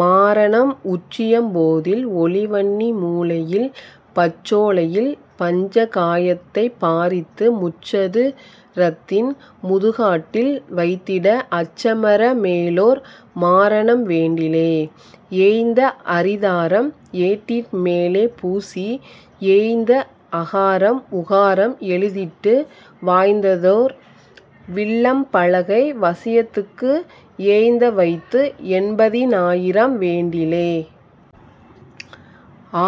மாரணம் உச்சியம் போதில் ஒளிவன்னி மூலையில் பச்சோலை யில் பஞ்ச காயத்தைப் பாரித்து முச்சது ரத்தின் முதுகாட்டில் வைத்திட அச்சமற மேலோர் மாரணம் வேண்டிலே. ஏய்ந்த அரிதாரம் ஏட்டின்மே லேபூசி ஏய்ந்த அகாரம் உகாரம் எழுத்திட்டு வாய்ந்ததோர் வில்லம் பலகை வசியத்துக்கு ஏய்ந்தவைத்து எண்பதி னாயிரம் வேண்டிலே..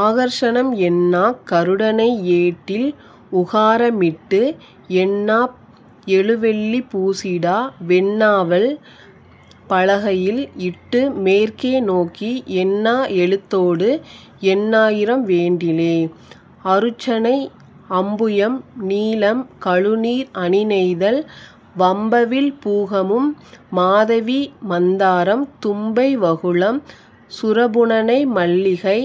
ஆகர்ஷணம் எண்ணாக் கருடனை ஏட்டில் உகாரமிட்டு எண்ணாப் எழுவெள்ளி பூசிடா வெண்ணாவல் பலகையில் இட்டுமேற் கேநோக்கி எண்ணா எழுத்தோடுஎண்ணாயிரம் வேண்டிலே.. அருச்சனை அம்புயம் நீலம் கழுநீர் அணிநெய்தல் வம்பவிழ் பூகமும் மாதவி மந்தாரம் தும்பை வகுளம் சுரபுனனை மல்லிகை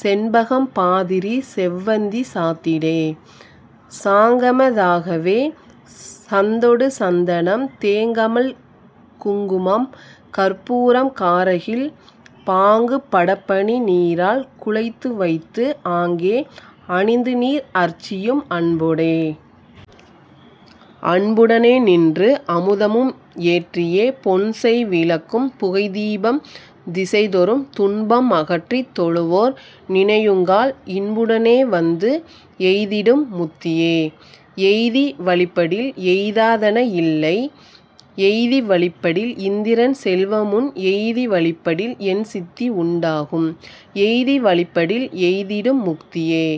செண்பகம் பாதிரி செவ்வந்தி சாத்திடே. சாங்கம தாகவே சந்தொடு சந்தனம் தேங்கமழ் குங்குமம் கர்ப்பூரம் காரகில் பாங்கு படப்பனி நீரால் குழைத்துவைத்து ஆங்கே அணிந்துநீர் அர்ச்சியும் அன்பொடே. அன்புடனே நின்று அமுதமும் ஏற்றியே பொன்செய் விளக்கும் புகைதீபம் திசைதொறும் துன்பம் அகற்றித் தொழுவோர் நினையுங்கால் இன்புட னேவந்து எய்திடும் முத்தியே. எய்தி வழிப்படில் எய்தா தனஇல்லை எய்தி வழிப்படில் இந்திரன் செல்வமுன் எய்தி வழிப்படில் எண்சித்தி உண்டாகும் எய்தி வழிப்படில் எய்திடும் முத்தியே.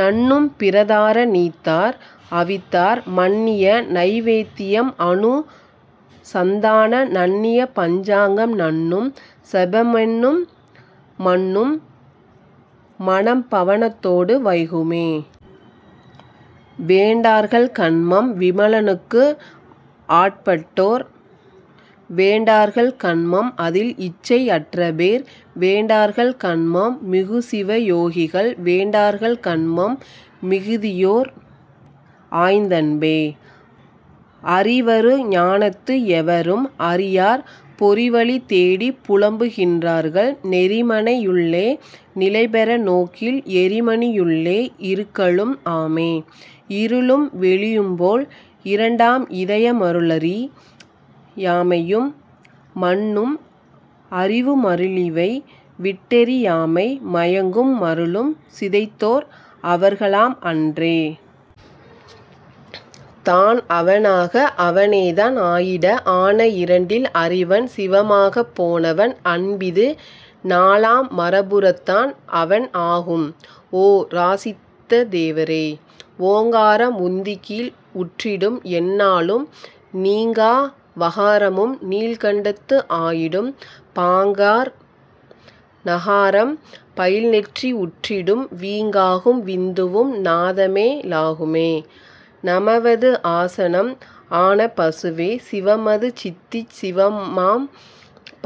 நண்ணும் பிறதார நீத்தார் அவித்தார் மண்ணிய நைவேத் தியம்அனு சந்தான நண்ணிய பஞ்சாங்கம் நண்ணும் செபமென்னும் மன்னும் மனம்பவ னத்தோடு வைகுமே. வேண்டார்கள் கன்மம் விமலனுக்கு ஆட்பட்டோ ர் வேண்டார்கள் கன்மம் அதில்இச்சை அற்றபேர் வேண்டார்கள் கன்மம் மிகுசிவ யோகிகள் வேண்டார்கள் கன்மம் மிகுதியோர் ஆய்ந்தன்பே. அறிவரு ஞானத்து எவரும் அறியார் பொறிவழி தேடிப் புலம்புகின்றார்கள் நெறிமனை யுள்ளே நிலைபெற நோக்கில் எறிமணி யுள்ளே இருக்கலும் ஆமே. இருளும் வெளியும்போல் இரண்டாம் இதயம் மருளறி யாமையும் மன்னும் அறிவு மருளிவை விட்டெறி யாமை மயங்கும் மருளும் சிதைத்தோர் அவர்களாம் அன்றே. தான்அவ னாக அவனேதான் ஆயிட ஆன இரண்டில் அறிவன் சிவமாகப் போனவன் அன்பிது நாலாம் மரபுறத் தான்அவன் ஆகும்ஓ ராசித்த தேவரே. ஓங்காரம் உந்திக்கீழ் உற்றிடும் எந்நாளும் நீங்கா வகாரமும் நீள்கண்டத்து ஆயிடும் பாங்கார் நகாரம் பயில்நெற்றி உற்றிடும் வீங்காகும் விந்துவும் நாதமே லாகுமே. நமவது ஆசனம் ஆன பசுவே சிவமது சித்திச் சிவமாம்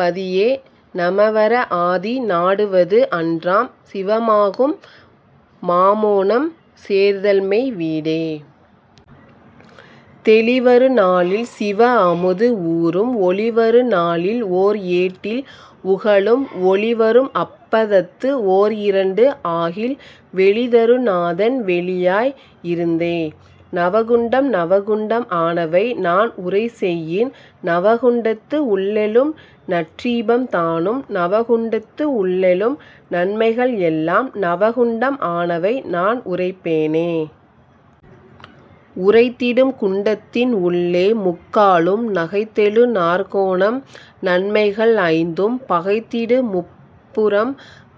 பதியே நமவற ஆதி நாடுவது அன்றாம் சிவமாகும் மாமோனம் சேர்தல்மெய் வீடே. தெளிவரு நாளில் சிவஅமுது ஊறும் ஒளிவரு நாளில் ஓர்ஏட்டில் உகளும் ஒளிவரும் அப்பதத்து ஓர் இரண்டு ஆகில் வெளிதரு நாதன் வெளியாய் இருந்தே.. நவகுண்டம் நவகுண்டம் ஆனவை நான்உரை செய்யின் நவகுண்டத்து உள்ளெழும் நற்றீபம் தானும் நவகுண்டத்து உள்ளெழும் நன்மைகள் எல்லாம் நவகுண்டம் ஆனவை நான்உரைப் பேனே. உரைத்திடும் குண்டத்தின் உள்ளே முக்காலும் நகைத்தெழு நாற்கோணம் நன்மை கள்ஐந்தும் பகைத்திடு முப்புரம்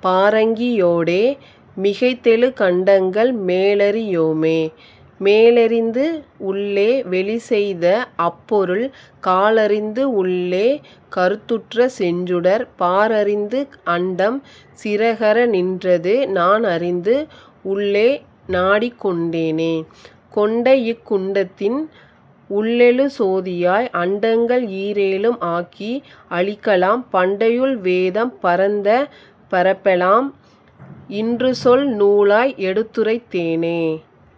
பாரங்கி யோடே மிகைத்தெழு கண்டங்கள் மேலறி யோமே. மேலெறிந்து உள்ளே வெளிசெய்த அப்பொருள் கால்அறிந்து உள்ளே கருத்துற்ற செஞ்சுடர் பார்அறிந்து அண்டம் சிறகற நின்றது நான்அறிந்து உள்ளே நாடிக்கொண் டேனே. கொண்டஇக் குண்டத்தின் உள்ளெழு சோதியாய் அண்டங்கள் ஈரேழும் ஆக்கி அழிக்கலாம் பண்டையுள் வேதம் பரந்த பரப்பெலாம் இன்றுசொல் நூலாய் எடுத்துரைத் தேனே.